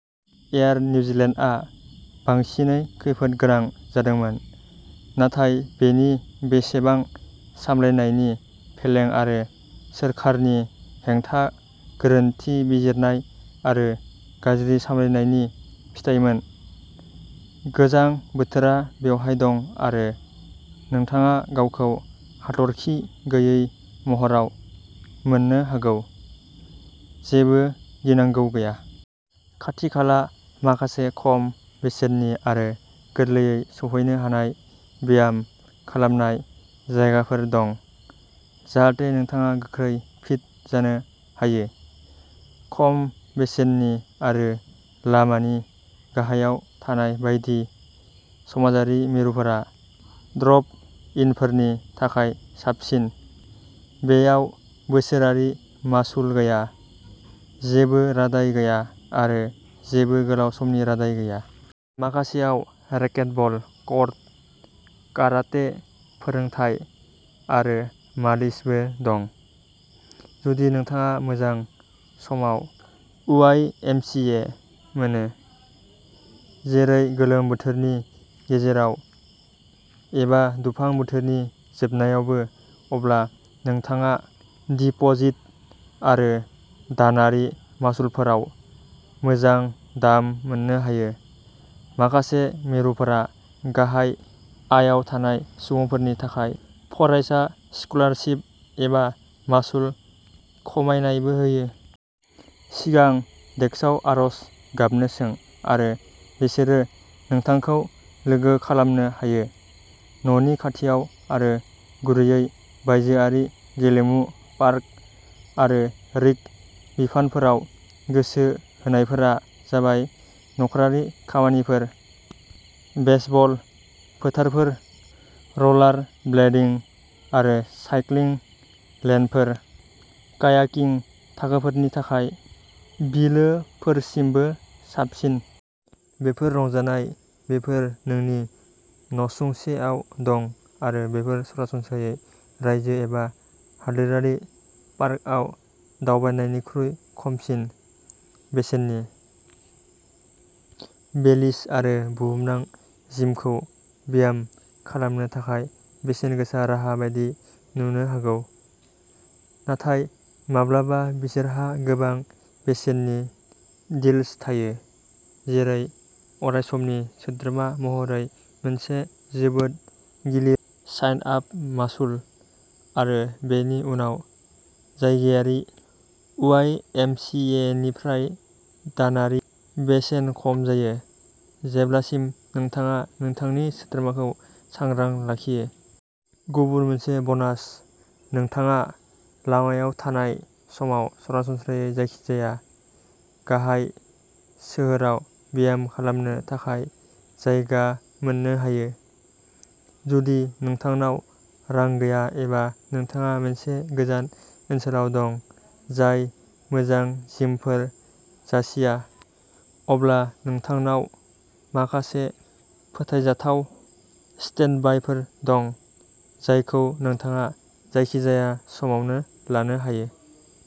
Air निउजिलेन्डआ बांसिनै खैफोद गोनां जादोंमोन। नाथाय बेनि बेसेबां सामलायनायनि फेलें आरो सोरखारनि हेंथा, गोरोन्थि बिजिरनाय आरो गाज्रि सामलायनायनि फिथायमोन? गोजां बोथोरा बेवहाय दं आरो नोंथाङा गावखौ हाथरखि गैयै महराव मोननो हागौ। जेबो गिनांगौ गैया। खाथिखाला माखासे खम बेसेननि आरो गोरलैयै सौहैनो हानाय ब्याम खालामनाय जायगाफोर दं, जाहाथे नोंथाङा गोख्रै फिट जानो हायो। खम बेसेननि आरो लामानि गाहायाव थानाय बायदि, समाजारि मिरुफोरा ड्रप-इनफोरनि थाखाय साबसिन। बेयाव बोसोरारि मासुल गैया, जेबो रादाय गैया आरो जेबो गोलाव समनि रादाय गैया। माखासेआव रेकेटबल कर्ट, काराटे फोरोंथाय आरो मालिसीसबो दं। जुदि नोंथाङा मोजां समाव वाइएमसिए मोनो। जेरै गोलोम बोथोरनि गेजेराव एबा दुफां बोथोरनि जोबनायावबो अब्ला नोंथाङा डिपोजिट आरो दानारि मासुलफोराव मोजां दाम मोननो हायो। माखासे मिरुफोरा गाहाय आयाव थानाय सुबुंफोरनि थाखाय फरायसा स्कलारसिप एबा मासुल खमायनायबो होयो। सिगां डेस्कआव आर'ज गाबनो सों आरो बिसोरो नोंथांखौ लोगो खालामनो हायो। न'नि खाथियाव आरो गुरैयै बायजोआरि गेलेमु, पार्क आरो रिक बिफानफोराव गोसो होनायफोरा जाबाय नखरारि खामानिफोर, बेसबल फोथारफोर, रलारब्लेडिं आरो साइक्लिं लेनफोर, कायाकिं थाखोफोरनि थाखाय बिलोफोरसिमबो साबसिन। बेफोर रंजानाय, बेफोर नोंनि नसुंसेआव दं आरो बेफोर सरासनस्रायै रायजो एबा हादोरारि पार्कआव दावबायनायनिख्रुइ खमसिन बेसेननि। बेलिस आरो बुहुमनां जिमखौ ब्याम खालामनो थाखाय बेसेन गोसा राहा बायदि नुनो हागौ, नाथाय माब्लाबा बिसोरहा गोबां बेसेननि डील्स थायो, जेरै अरायसमनि सोद्रोमा महरै मोनसे जोबोद गिलिर साइन-आप मासुल आरो बेनि उनाव जायगायारि वाइएमसिएनिफ्राय दानारि बेसेन खम जायो, जेब्लासिम नोंथाङा नोंथांनि सोद्रोमाखौ सांग्रां लाखियो। गुबुन मोनसे ब'नास। नोंथाङा लामायाव थानाय समाव सरासनस्रायै जायखिजाया गाहाय सोहोराव ब्याम खालामनो थाखाय जायगा मोन्नो हायो। जुदि नोंथांनाव रां गैया एबा नोंथाङा मोनसे गोजान ओनसोलाव दं जाय मोजां जिमफोर जासिया, अब्ला नोंथांनाव माखासे फोथायजाथाव स्टेन्डबायफोर दं जायखौ नोंथाङा जायखिजाया समावनो लानो हायो।